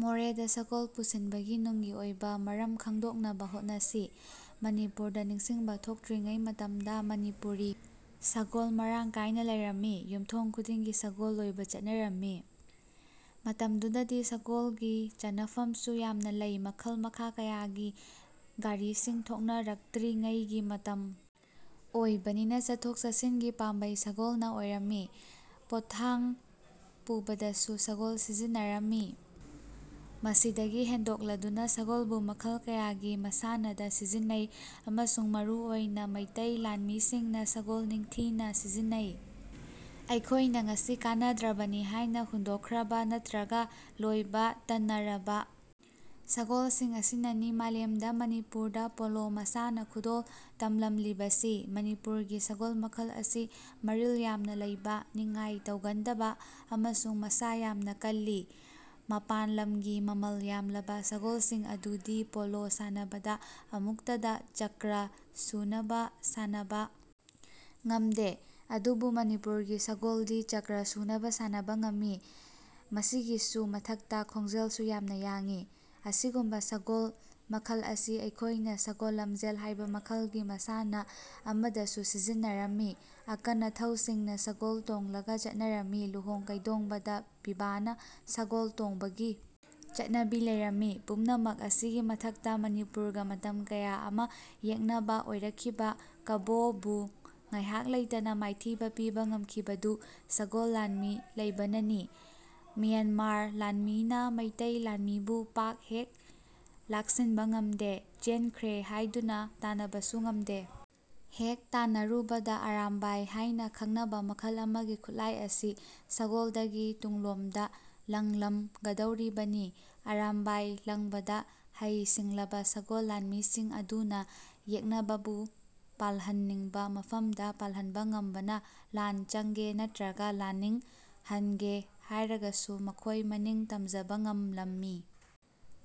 ꯃꯣꯔꯦꯗ ꯁꯒꯣꯜ ꯄꯨꯁꯤꯟꯕꯒꯤ ꯅꯨꯡꯒꯤ ꯑꯣꯏꯕ ꯃꯔꯝ ꯈꯪꯗꯣꯛꯅꯕ ꯍꯣꯠꯅꯁꯤ꯫ ꯃꯅꯤꯄꯨꯔꯗ ꯅꯤꯡꯁꯤꯡꯕ ꯊꯣꯛꯇ꯭ꯔꯤꯉꯩ ꯃꯇꯝꯗ ꯃꯅꯤꯄꯨꯔꯤ ꯁꯒꯣꯜ ꯃꯔꯥꯡ ꯀꯥꯏꯅ ꯂꯩꯔꯝꯃꯤ꯫ ꯌꯨꯝꯊꯣꯡ ꯈꯨꯗꯤꯡꯒꯤ ꯁꯒꯣꯜ ꯂꯣꯏꯕ ꯆꯠꯅꯔꯝꯃꯤ꯫ ꯃꯇꯝꯗꯨꯗꯗꯤ ꯁꯒꯣꯜꯒꯤ ꯆꯟꯅꯐꯝꯁꯨ ꯌꯥꯝꯅ ꯂꯩ꯫ ꯃꯈꯜ ꯃꯈꯥ ꯀꯌꯥꯒꯤ ꯒꯥꯔꯤꯁꯤꯡ ꯊꯣꯛꯅꯔꯛꯇ꯭ꯔꯤꯉꯩꯒꯤ ꯃꯇꯝ ꯑꯣꯏꯕꯅꯤꯅ ꯆꯠꯊꯣꯛ ꯆꯠꯁꯤꯟꯒꯤ ꯄꯥꯝꯕꯩ ꯁꯒꯣꯜꯅ ꯑꯣꯏꯔꯝꯃꯤ꯫ ꯄꯣꯠꯊꯥꯡ ꯄꯨꯕꯗꯁꯨ ꯁꯒꯣꯜ ꯁꯤꯖꯤꯟꯅꯔꯝꯃꯤ꯫ ꯃꯁꯤꯗꯒꯤ ꯍꯦꯟꯗꯣꯛꯂꯗꯨꯅ ꯁꯒꯣꯜꯕꯨ ꯃꯈꯜ ꯀꯌꯥꯒꯤ ꯃꯁꯥꯟꯅꯗ ꯁꯤꯖꯤꯟꯅꯩ ꯑꯃꯁꯨꯡ ꯃꯔꯨ ꯑꯣꯏꯅ ꯃꯩꯇꯩ ꯂꯥꯟꯃꯤꯁꯤꯡꯅ ꯁꯒꯣꯜ ꯅꯤꯡꯊꯤꯅ ꯁꯤꯖꯤꯟꯅꯩ꯫ ꯑꯩꯈꯣꯏꯅ ꯉꯁꯤ ꯀꯥꯟꯅꯗ꯭ꯔꯕꯅꯤ ꯍꯥꯏꯅ ꯍꯨꯟꯗꯣꯛꯈ꯭ꯔꯕ ꯅꯠꯇ꯭ꯔꯒ ꯂꯣꯏꯕ ꯇꯟꯅꯔꯕ ꯁꯒꯣꯜꯁꯤꯡ ꯑꯁꯤꯅꯅꯤ ꯃꯥꯂꯦꯝꯗ ꯃꯅꯤꯄꯨꯔꯗ ꯄꯣꯂꯣ ꯃꯁꯥꯟꯅ ꯈꯨꯗꯣꯜ ꯇꯝꯂꯝꯂꯤꯕꯁꯤ꯫ ꯃꯅꯤꯄꯨꯔꯒꯤ ꯁꯒꯣꯜ ꯃꯈꯜ ꯑꯁꯤ ꯃꯔꯤꯜ ꯌꯥꯝꯅ ꯂꯩꯕ, ꯅꯤꯡꯉꯥꯏ ꯇꯧꯒꯟꯗꯕ ꯑꯃꯁꯨꯡ ꯃꯁꯥ ꯌꯥꯝꯅ ꯀꯜꯂꯤ꯫ ꯃꯄꯥꯟ ꯂꯝꯒꯤ ꯃꯃꯜ ꯌꯥꯝꯂꯕ ꯁꯒꯣꯜꯁꯤꯡ ꯑꯗꯨꯗꯤ ꯄꯣꯂꯣ ꯁꯥꯟꯅꯕꯗ ꯑꯃꯨꯛꯇꯗ ꯆꯀ꯭ꯔꯥ ꯁꯨꯅꯕ ꯁꯥꯟꯅꯕ ꯉꯝꯗꯦ꯫ ꯑꯗꯨꯕꯨ ꯃꯅꯤꯄꯨꯔꯒꯤ ꯁꯒꯣꯜꯗꯤ ꯆꯀ꯭ꯔꯥ ꯁꯨꯅꯕ ꯁꯥꯟꯅꯕ ꯉꯝꯃꯤ꯫ ꯃꯁꯤꯒꯤꯁꯨ ꯃꯊꯛꯇ ꯈꯣꯡꯖꯦꯜꯁꯨ ꯌꯥꯝꯅ ꯌꯥꯡꯏ꯫ ꯑꯁꯤꯒꯨꯝꯕ ꯁꯒꯣꯜ ꯃꯈꯜ ꯑꯁꯤ ꯑꯩꯈꯣꯏꯅ ꯁꯒꯣꯜ ꯂꯝꯖꯦꯜ ꯍꯥꯏꯕ ꯃꯈꯜꯒꯤ ꯃꯁꯥꯟꯅ ꯑꯃꯗꯁꯨ ꯁꯤꯖꯤꯟꯅꯔꯝꯃꯤ꯫ ꯑꯀꯟ-ꯑꯊꯧꯁꯤꯡꯅ ꯁꯒꯣꯜ ꯇꯣꯡꯂꯒ ꯆꯠꯅꯔꯝꯃꯤ꯫ ꯂꯨꯍꯣꯡ-ꯀꯩꯗꯣꯡꯕꯗ ꯄꯤꯕꯥꯅ ꯁꯒꯣꯜ ꯇꯣꯡꯕꯒꯤ ꯆꯠꯅꯕꯤ ꯂꯩꯔꯝꯃꯤ꯫ ꯄꯨꯝꯅꯃꯛ ꯑꯁꯤꯒꯤ ꯃꯊꯛꯇ ꯃꯅꯤꯄꯨꯔꯒ ꯃꯇꯝ ꯀꯌꯥ ꯑꯃ ꯌꯦꯛꯅꯕ ꯑꯣꯏꯔꯛꯈꯤꯕ ꯀꯕꯣ ꯕꯨ ꯉꯥꯏꯍꯥꯛ ꯂꯩꯇꯅ ꯃꯥꯏꯊꯤꯕ ꯄꯤꯕ ꯉꯝꯈꯤꯕꯗꯨ ꯁꯒꯣꯜ ꯂꯥꯟꯃꯤ ꯂꯩꯕꯅꯅꯤ꯫ ꯃ꯭ꯌꯥꯟꯃꯥꯔ ꯂꯥꯟꯃꯤꯅ ꯃꯩꯇꯩ ꯂꯥꯟꯃꯤꯕꯨ ꯄꯥꯛ ꯍꯦꯛ ꯂꯥꯛꯁꯤꯟꯕ ꯉꯝꯗꯦ, ꯆꯦꯟꯈ꯭ꯔꯦ ꯍꯥꯏꯗꯨꯅ ꯇꯥꯟꯅꯕꯁꯨ ꯉꯝꯗꯦ꯫ ꯍꯦꯛ ꯇꯥꯟꯅꯔꯨꯕꯗ ꯑꯔꯥꯝꯕꯥꯏ ꯍꯥꯏꯅ ꯈꯪꯅꯕ ꯃꯈꯜ ꯑꯃꯒꯤ ꯈꯨꯠꯂꯥꯏ ꯑꯁꯤ ꯁꯒꯣꯜꯗꯒꯤ ꯇꯨꯡꯂꯣꯝꯗ ꯂꯪꯂꯝꯒꯗꯧꯔꯤꯕꯅꯤ꯫ ꯑꯔꯥꯝꯕꯥꯏ ꯂꯪꯕꯗ ꯍꯩ-ꯁꯤꯡꯂꯕ ꯁꯒꯣꯜ ꯂꯥꯟꯃꯤꯁꯤꯡ ꯑꯗꯨꯅ ꯌꯦꯛꯅꯕꯕꯨ ꯄꯥꯜꯍꯟꯅꯤꯡꯕ ꯃꯐꯝꯗ ꯄꯥꯜꯍꯟꯕ ꯉꯝꯕꯅ ꯂꯥꯟ ꯆꯪꯒꯦ ꯅꯠꯇ꯭ꯔꯒ ꯂꯥꯟꯅꯤꯡ ꯍꯟꯒꯦ ꯍꯥꯏꯔꯒꯁꯨ ꯃꯈꯣꯏ ꯃꯅꯤꯡ ꯇꯝꯖꯕ ꯉꯝꯂꯝꯃꯤ꯫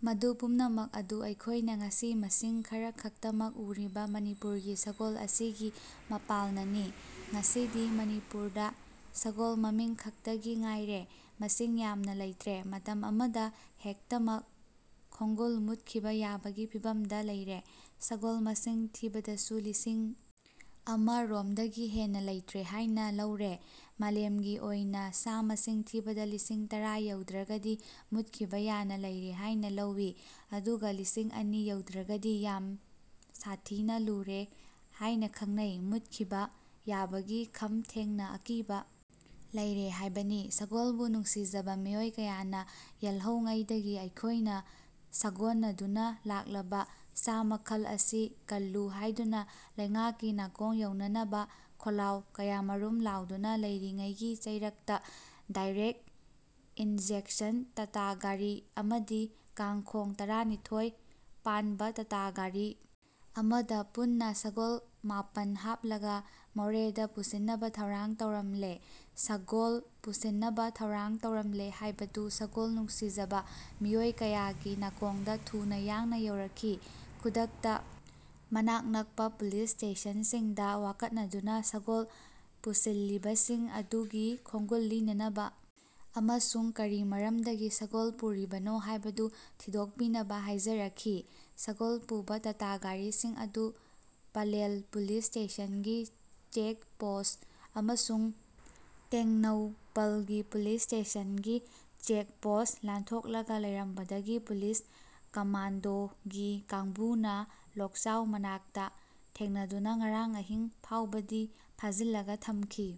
ꯃꯗꯨ ꯄꯨꯝꯅꯃꯛ ꯑꯗꯨ ꯑꯩꯈꯣꯏꯅ ꯉꯁꯤ ꯃꯁꯤꯡ ꯈꯔꯈꯛꯇꯃꯛ ꯎꯔꯤꯕ ꯃꯅꯤꯄꯨꯔꯒꯤ ꯁꯒꯣꯜ ꯑꯁꯤꯒꯤ ꯃꯄꯥꯜꯅꯅꯤ꯫ ꯉꯁꯤꯗꯤ ꯃꯅꯤꯄꯨꯔꯗ ꯁꯒꯣꯜ ꯃꯃꯤꯡ ꯈꯛꯇꯒꯤ ꯉꯥꯏꯔꯦ꯫ ꯃꯁꯤꯡ ꯌꯥꯝꯅ ꯂꯩꯇ꯭ꯔꯦ꯫ ꯃꯇꯝ ꯑꯃꯗ ꯍꯦꯛꯇꯃꯛ ꯈꯣꯡꯒꯨꯜ ꯃꯨꯠꯈꯤꯕ ꯌꯥꯕꯒꯤ ꯐꯤꯚꯝꯗ ꯂꯩꯔꯦ꯫ ꯁꯒꯣꯜ ꯃꯁꯤꯡ ꯊꯤꯕꯗꯁꯨ ꯂꯤꯁꯤꯡ ꯑꯃ ꯔꯣꯝꯗꯒꯤ ꯍꯦꯟꯅ ꯂꯩꯇ꯭ꯔꯦ ꯍꯥꯏꯅ ꯂꯧꯔꯦ꯫ ꯃꯥꯂꯦꯝꯒꯤ ꯑꯣꯏꯅ ꯁꯥ ꯃꯁꯤꯡ ꯊꯤꯕꯗ ꯂꯤꯁꯤꯡ ꯇꯔꯥ ꯌꯧꯗ꯭ꯔꯒꯗꯤ ꯃꯨꯠꯈꯤꯕ ꯌꯥꯅ ꯂꯩꯔꯦ ꯍꯥꯏꯅ ꯂꯧꯏ꯫ ꯑꯗꯨꯒ ꯂꯤꯁꯤꯡ ꯑꯅꯤ ꯌꯧꯗ꯭ꯔꯒꯗꯤ ꯌꯥꯝ ꯁꯥꯊꯤꯅ ꯂꯨꯔꯦ ꯍꯥꯏꯅ ꯈꯪꯅꯩ꯫ ꯃꯨꯠꯈꯤꯕ ꯌꯥꯕꯒꯤ ꯈꯝ ꯊꯦꯡꯅ ꯑꯀꯤꯕ ꯂꯩꯔꯦ ꯍꯥꯏꯕꯅꯤ꯫ ꯁꯒꯣꯜꯕꯨ ꯅꯨꯡꯁꯤꯖꯕ ꯃꯤꯑꯣꯏ ꯀꯌꯥꯅ ꯌꯦꯜꯍꯧꯉꯩꯗꯒꯤ ꯑꯩꯈꯣꯏꯅ ꯁꯥꯒꯣꯟꯅꯗꯨꯅ ꯂꯥꯛꯂꯕ ꯁꯥ ꯃꯈꯜ ꯑꯁꯤ ꯀꯜꯂꯨ ꯍꯥꯏꯗꯨꯅ ꯂꯩꯉꯥꯛꯀꯤ ꯅꯥꯀꯣꯡ ꯌꯧꯅꯅꯕ ꯈꯣꯜꯂꯥꯎ ꯀꯌꯥꯃꯔꯨꯝ ꯂꯥꯎꯗꯨꯅ ꯂꯩꯔꯤꯉꯩꯒꯤ ꯆꯩꯔꯛꯇ ꯗꯥꯏꯔꯦꯛ ꯏꯟꯖꯦꯛꯁꯟ ꯇꯇꯥ ꯒꯥꯔꯤ ꯑꯃꯗꯤ ꯀꯥꯡ-ꯈꯣꯡ ꯇꯔꯥꯅꯤꯊꯣꯏ ꯄꯥꯟꯕ ꯇꯇꯥ ꯒꯥꯔꯤ ꯑꯃꯗ ꯄꯨꯟꯅ ꯁꯒꯣꯜ ꯃꯥꯄꯟ ꯍꯥꯞꯂꯒ ꯃꯣꯔꯦꯗ ꯄꯨꯁꯤꯟꯅꯕ ꯊꯧꯔꯥꯡ ꯇꯧꯔꯝꯂꯦ꯫ ꯁꯒꯣꯜ ꯄꯨꯁꯤꯟꯅꯕ ꯊꯧꯔꯥꯡ ꯇꯧꯔꯝꯂꯦ ꯍꯥꯏꯕꯗꯨ ꯁꯒꯣꯜ ꯅꯨꯡꯁꯤꯖꯕ ꯃꯤꯑꯣꯏ ꯀꯌꯥꯒꯤ ꯅꯥꯀꯣꯡꯗ ꯊꯨꯅ ꯌꯥꯡꯅ ꯌꯧꯔꯛꯈꯤ꯫ ꯈꯨꯗꯛꯇ ꯃꯅꯥꯛ ꯅꯛꯄ ꯄꯨꯂꯤꯁ ꯁ꯭ꯇꯦꯁꯟꯁꯤꯡꯗ ꯋꯥꯀꯠꯅꯗꯨꯅ ꯁꯒꯣꯜ ꯄꯨꯁꯤꯜꯂꯤꯕꯁꯤꯡ ꯑꯗꯨꯒꯤ ꯈꯣꯡꯒꯨꯜ ꯂꯤꯅꯅꯕ ꯑꯃꯁꯨꯡ ꯀꯔꯤ ꯃꯔꯝꯗꯒꯤ ꯁꯒꯣꯜ ꯄꯨꯔꯤꯕꯅꯣ ꯍꯥꯏꯕꯗꯨ ꯊꯤꯗꯣꯛꯄꯤꯅꯕ ꯍꯥꯏꯖꯔꯛꯈꯤ꯫ ꯁꯒꯣꯜ ꯄꯨꯕ ꯇꯇꯥ ꯒꯥꯔꯤꯁꯤꯡ ꯑꯗꯨ ꯄꯂꯦꯜ ꯄꯨꯂꯤꯁ ꯁ꯭ꯇꯦꯁꯟꯒꯤ ꯆꯦꯛ ꯄꯣꯁꯠ ꯑꯃꯁꯨꯡ ꯇꯦꯡꯅꯧꯄꯜꯒꯤ ꯄꯨꯂꯤꯁ ꯁ꯭ꯇꯦꯁꯟꯒꯤ ꯆꯦꯛ ꯄꯣꯁꯠ ꯂꯥꯟꯊꯣꯛꯂꯒ ꯂꯩꯔꯝꯕꯗꯒꯤ ꯄꯨꯂꯤꯁ ꯀꯝꯃꯥꯟꯗꯣꯒꯤ ꯀꯥꯡꯕꯨꯅ ꯂꯣꯛꯆꯥꯎ ꯃꯅꯥꯛꯇ ꯊꯦꯡꯅꯗꯨꯅ ꯉꯔꯥꯡ ꯑꯍꯤꯡ ꯐꯥꯎꯕꯗꯤ ꯐꯥꯖꯤꯜꯂꯒ ꯊꯝꯈꯤ꯫